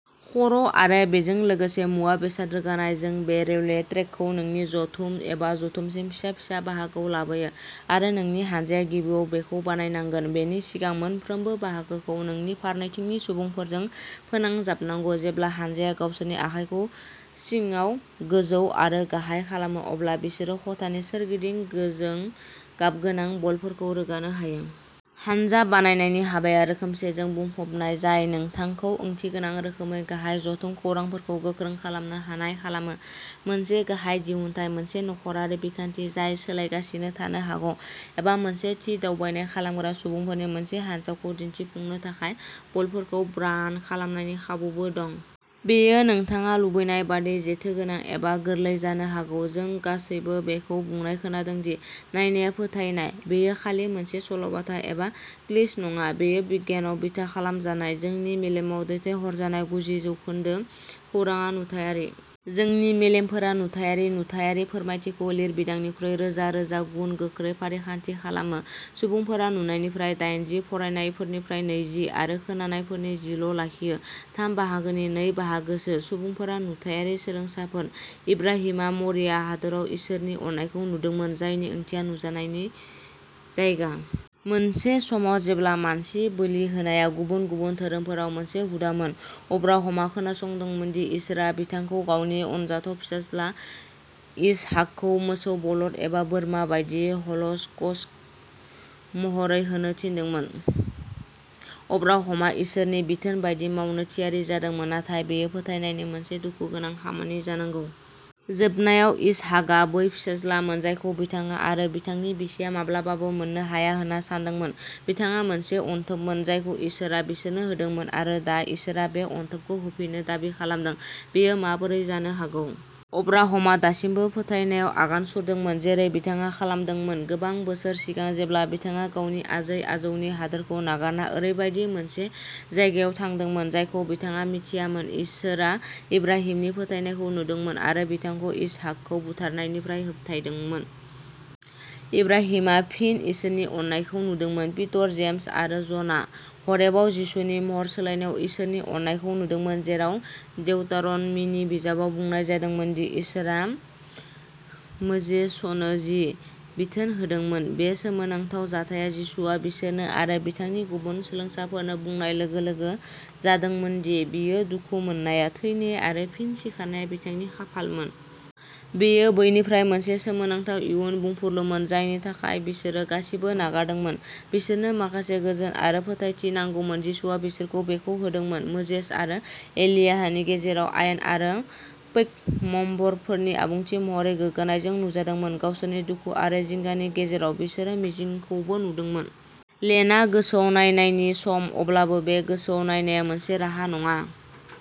खर' आरो बेजों लोगोसे मुवा-बेसाद रोगानाय। जों बे रेलवे ट्रेकखौ नोंनि जथुम एबा जथुमसिम फिसा-फिसा बाहागोआव लाबोयो आरो नोंनि हानजाया गिबियाव बेखौ बानायनांगोन, बेनि सिगां मोनफ्रोमबो बाहागोखौ नोंनि फारनैथिंनि सुबुंफोरजों फोनांजाबनांगौ। जेब्ला हानजाया गावसोरनि आखाइखौ सिंकआव गोजौ आरो गाहाय खालामो, अब्ला बिसोरो खथानि सोरगिदिं गोजों गाबगोनां बलफोरखौ रोगानो हायो। हानजा बानायनायनि हाबाया रोखोमसेजों बुंफबनाय, जाय नोंथांखौ ओंथिगोनां रोखोमै गाहाय जथुम खौरांफोरखौ गोख्रों खालामनो हानाय खालामो। मोनसे गाहाय दिहुनथाय, मोनसे नखरारि बिखान्थि जाय सोलायगासिनो थानो हागौ एबा मोनसे थि दावबायनाय खालामग्रा सुबुंफोरनि मोनसे हानजाखौ दिनथिफुंनो थाखाय बलफोरखौ ब्रान्ड खालामनायनि खाबुबो दं। बेयो नोंथाङा लुबैनायबादि जेथोगोनां एबा गोरलै जानो हागौ। जों गासैबो बेखौ बुंनाय खोनादोंदि "नायनाया फोथायनाय।" बेयो खालि मोनसे सल'बाथा एबा क्लिच नङा। बेयो बिगियानाव बिथा खालामजानाय, जोंनि मेलेमाव दैथायहरजानाय गुजि जौखोन्दो खौरांआ नुथायारि। जोंनि मेलेमफोरा नुथायारि। नुथायारि फोरमायथिखौ लिरबिदांनिख्रुइ रोजा रोजा गुन गोख्रै फारिखान्थि खालामो। सुबुंफोरा नुनायनिफ्राय दाइनजि, फरायनायफोरनिफ्राय नैजि आरो खोनानायफोरनि जिल' लाखियो। थाम बाहागोनि नै बाहागोसो सुबुंफोरा नुथायारि सोलोंसाफोर। इब्राहिमआ मरिया हादोराव इसोरनि अननायखौ नुदोंमोन, जायनि ओंथिया "नुजानायनि जायगा"। मोनसे समाव जेब्ला मानसि बोलि होनाया गुबुन गुबुन धोरोमफोराव मोनसे हुदामोन, अब्राहमआ खोनासंदोंमोन दि इसोरआ बिथांखौ गावनि अनजाथाव फिसाज्ला, इसहाकखौ मोसौ बलद एबा बोरमा बायदि ह'ल'कस्ट महरै होनो थिनदोंमोन। अब्राहमआ इसोरनि बिथोन बायदि मावनो थियारि जादोंमोन, नाथाय बेयो फोथायनायनि मोनसे दुखुगोनां खामानि जानांगौ। जोबनायाव, इसहाकआ बै फिसाज्लामोन जायखौ बिथाङा आरो बिथांनि बिसिया माब्लाबाबो मोननो हाया होन्ना सानदोंमोन। बिथाङा मोनसे अनथोबमोन जायखौ इसोरआ बिसोरनो होदोंमोन आरो दा इसोरआ बे अनथोबखौ होफिननो दाबि खालामदों। बेयो माबोरै जानो हागौ? अब्राहमआ दासिमबो फोथायनायाव आगान सुरदोंमोन, जेरै बिथाङा खालामदोंमोन गोबां बोसोर सिगां जेब्ला बिथाङा गावनि आजै-आजौनि हादोरखौ नागारना ओरैबायदि मोनसे जायगायाव थांदोंमोन जायखौ बिथाङा मिथियामोन। इसोरआ इब्राहिमनि फोथायनायखौ नुदोंमोन आरो बिथांखौ इसहाकखौ बुथारनायनिफ्राय होबथायदोंमोन। इब्राहिमआ फिन इसोरनि अननायखौ नुदोंमोन। पीटर, जेम्स आरो जनआ ह'रेबआव जिसुनि महर सोलायनायाव इसोरनि अननायखौ नुदोंमोन, जेराव देउतार'न'मीनि बिजाबाव बुंनाय जादोंमोन दि इसोरआ मोजेसनो जि बिथोन होदोंमोन। बे सोमोनांथाव जाथायआ जिसुआ बिसोरनो आरो बिथांनि गुबुन सोलोंसाफोरनो बुंनाय लोगो-लोगो जादोंमोन दि बियो दुखु मोननाया, थैनाया आरो फिन सिखारनाया बिथांनि खाफालमोन। बेयो बैनिफ्राय मोनसे सोमोनांथाव इयुन बुंफुरलुमोन जायनि थाखाय बिसोरो गासिबो नागारदोंमोन। बिसोरनो माखासे गोजोन आरो फोथायथि नांगौमोन। जिसुआ बिसोरखौ बेखौ होदोंमोन, मोजेस आरो एलियाहनि गेजेराव आयेन आरो पैगम्बरफोरनि आबुंथि महरै गोग्गानायजों नुजादोंमोन। गावसोरनि दुखु आरो जिंगानि गेजेराव, बिसोरो मिजिंखौबो नुदोंमोन। लेन्टआ गोसोयाव नायनायनि सम, अब्लाबो बे गोसोयाव नायनाया मोनसे राहा नङा।